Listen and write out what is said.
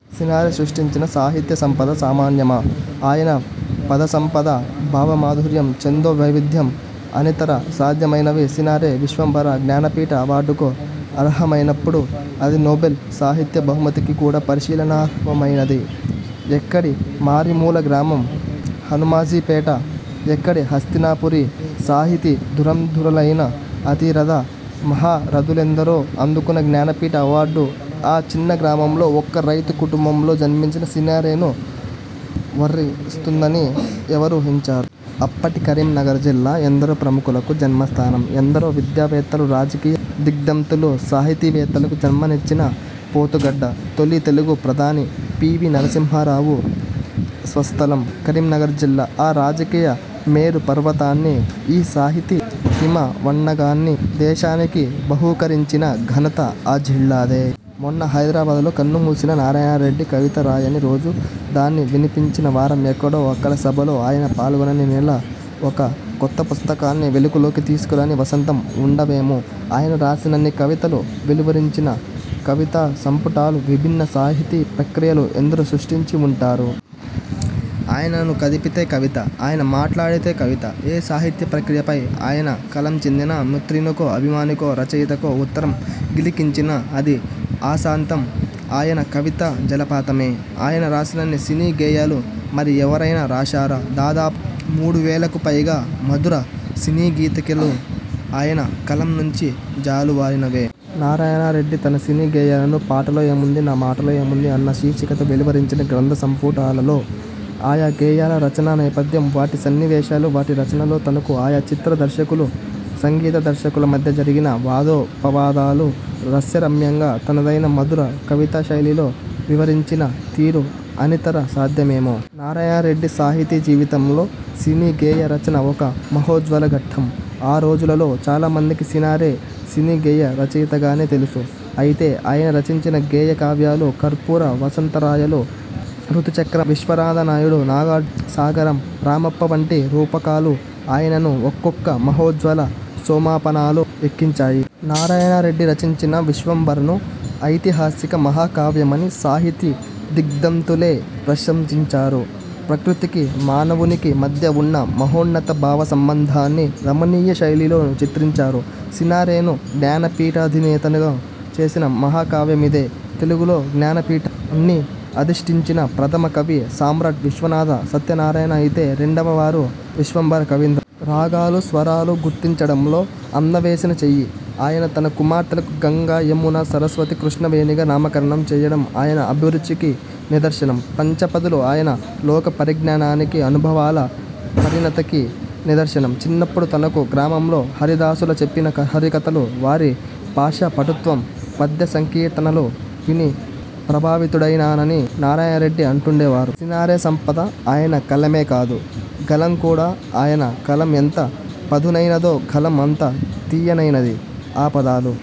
సినారె సృష్టించిన సాహిత్య సంపద సామాన్యమా? ఆయన పదసంపద, భావ మాధుర్యం, ఛందో వైవిధ్యం, అనితర సాధ్యమైనవి! సినారె 'విశ్వంభర' జ్ఞానపీఠ అవార్డుకు అర్హమైనప్పుడు, అది నోబెల్ సాహిత్య బహుమతికి కూడా పరిశీలనార్హమైనదే! ఎక్కడి మారుమూల గ్రామం హనుమాజీపేట! ఎక్కడి హస్తినాపురి! సాహితీ దురంధరులైన అతిరథ మహారథులెందరో అందుకున్న జ్ఞానపీఠ అవార్డు ఆ చిన్న గ్రామంలో ఒక రైతు కుటుంబంలో జన్మించిన సినారెను వరిస్తుందని ఎవరూ హించా? అప్పటి కరీంనగర్ జిల్లా ఎందరో ప్రముఖులకు జన్మస్థానం. ఎందరో విద్యావేత్తలు, రాజకీయ దిగ్దంతులు, సాహితీవేత్తలకు జన్మనిచ్చిన పోతుగడ్డ. తొలి తెలుగు ప్రధాని పి. వి. నరసింహారావు స్వస్థలం కరీంనగర్ జిల్లా. ఆ రాజకీయ మేరు పర్వతాన్ని, ఈ సాహితీ హిమవన్నగాన్ని దేశానికి బహూకరించిన ఘనత ఆ జిల్లాదే. మొన్న హైదరాబాద్లో కన్నుమూసిన నారాయణరెడ్డి కవిత రాయని రోజు, దాన్ని వినిపించని వారం, ఎక్కడో అక్కడ సభలో ఆయన పాల్గొనని నెల, ఒక కొత్త పుస్తకాన్ని వెలుగులోకి తీసుకురాని వసంతం వుండవేమో! ఆయన రాసినన్ని కవితలు, వెలువరించిన కవితా సంపుటాలు, విభిన్న సాహితీ ప్రక్రియలు ఎందరు సృష్టించి వుంటారు? ఆయనను కదిపితే కవిత! ఆయన మాట్లాడితే కవిత! ఏ సాహిత్య ప్రక్రియపై ఆయన కలం చిందినా, మిత్రునికో, అభిమానికో, రచయితకో ఉత్తరం గిలికించినా – అది ఆసాంతం ఆయన కవితా జలపాతమే! ఆయన రాసినన్ని సినీ గేయాలు మరి ఎవరైనా రాశారా? దాదాపు మూడు వేలకు పైగా మధుర సినీగీతికలు ఆయన కలం నుంచి జాలువారినవే! నారాయణరెడ్డి తన సినీ గేయాలను 'పాటలో ఏముంది? నా మాటలో ఏముంది? ' అన్న శీర్షికతో వెలువరించిన గ్రంథ సంపుటాలలో ఆయా గేయాల రచనా నేపథ్యం, వాటి సన్నివేశాలు, వాటి రచనలో తనకు, ఆయా చిత్ర దర్శకులు, సంగీత దర్శకుల మధ్య జరిగిన వాదోపవాదాలు రస్యరమ్యంగా, తనదైన మధుర కవితా శైలిలో వివరించిన తీరు అనితర సాధ్యమేమో! నారాయణ రెడ్డి సాహితీ జీవితంలో సినీ గేయ రచన ఒక మహోజ్వల ఘట్టం. ఆ రోజులలో చాలా మందికి సినారె సినీ గేయ రచయితగానే తెలుసు. అయితే, ఆయన రచించిన గేయ కావ్యాలు 'కర్పూర వసంతరాయలు', 'రుతు చక్రం', 'విశ్వనాథ నాయుడు', 'నాగార్జున సాగరం', 'రామప్ప' వంటి రూపకాలు ఆయనను ఒక్కొక్క మహోజ్వల సోమపానాలు ఎక్కించాయి. నారాయణ రెడ్డి రచించిన 'విశ్వంభర'ను ఐతిహాసిక మహా కావ్యమని సాహితీ దిగ్ధంతులే ప్రశంసించారు. ప్రకృతికి, మానవునికి మధ్య వున్న మహోన్నత భావ సంబంధాన్ని రమణీయ శైలిలో చిత్రించారు. సినారెను జ్ఞానపీఠాధినేతను చేసిన మహాకావ్యమిదే. తెలుగులో జ్ఞానపీఠాన్ని అధిష్ఠించిన ప్రథమ 'కవి' సమ్రాట్ విశ్వనాథ సత్యనారాయణ అయితే, రెండవ వారు 'విశ్వంభర' కవీంద్ర. రాగాలు, స్వరాలు గుర్తించడంలో అందెవేసిన చెయ్యి. ఆయన తన కుమార్తెలకు గంగ, యమున, సరస్వతి, కృష్ణవేణిగా నామకరణం చేయడం ఆయన అభిరుచికి నిదర్శనం. 'పంచ పదులు' ఆయన లోకపరిజ్ఞానానికి, అనుభవాల పరిణతికి నిదర్శనం. చిన్నప్పుడు తనకు గ్రామంలో హరిదాసులు చెప్పిన హరికథలు, వారి భాషా పటుత్వం, పద్యసంకీర్తనలు విని ప్రభావితుడనైనానని నారాయణ రెడ్డి అంటుండేవారు. సినారె సంపద ఆయన కలమే కాదు, గళం కూడా. ఆయన కలం ఎంత పదునైనదో గళం అంత తీయనైనది. ఆ పదాలు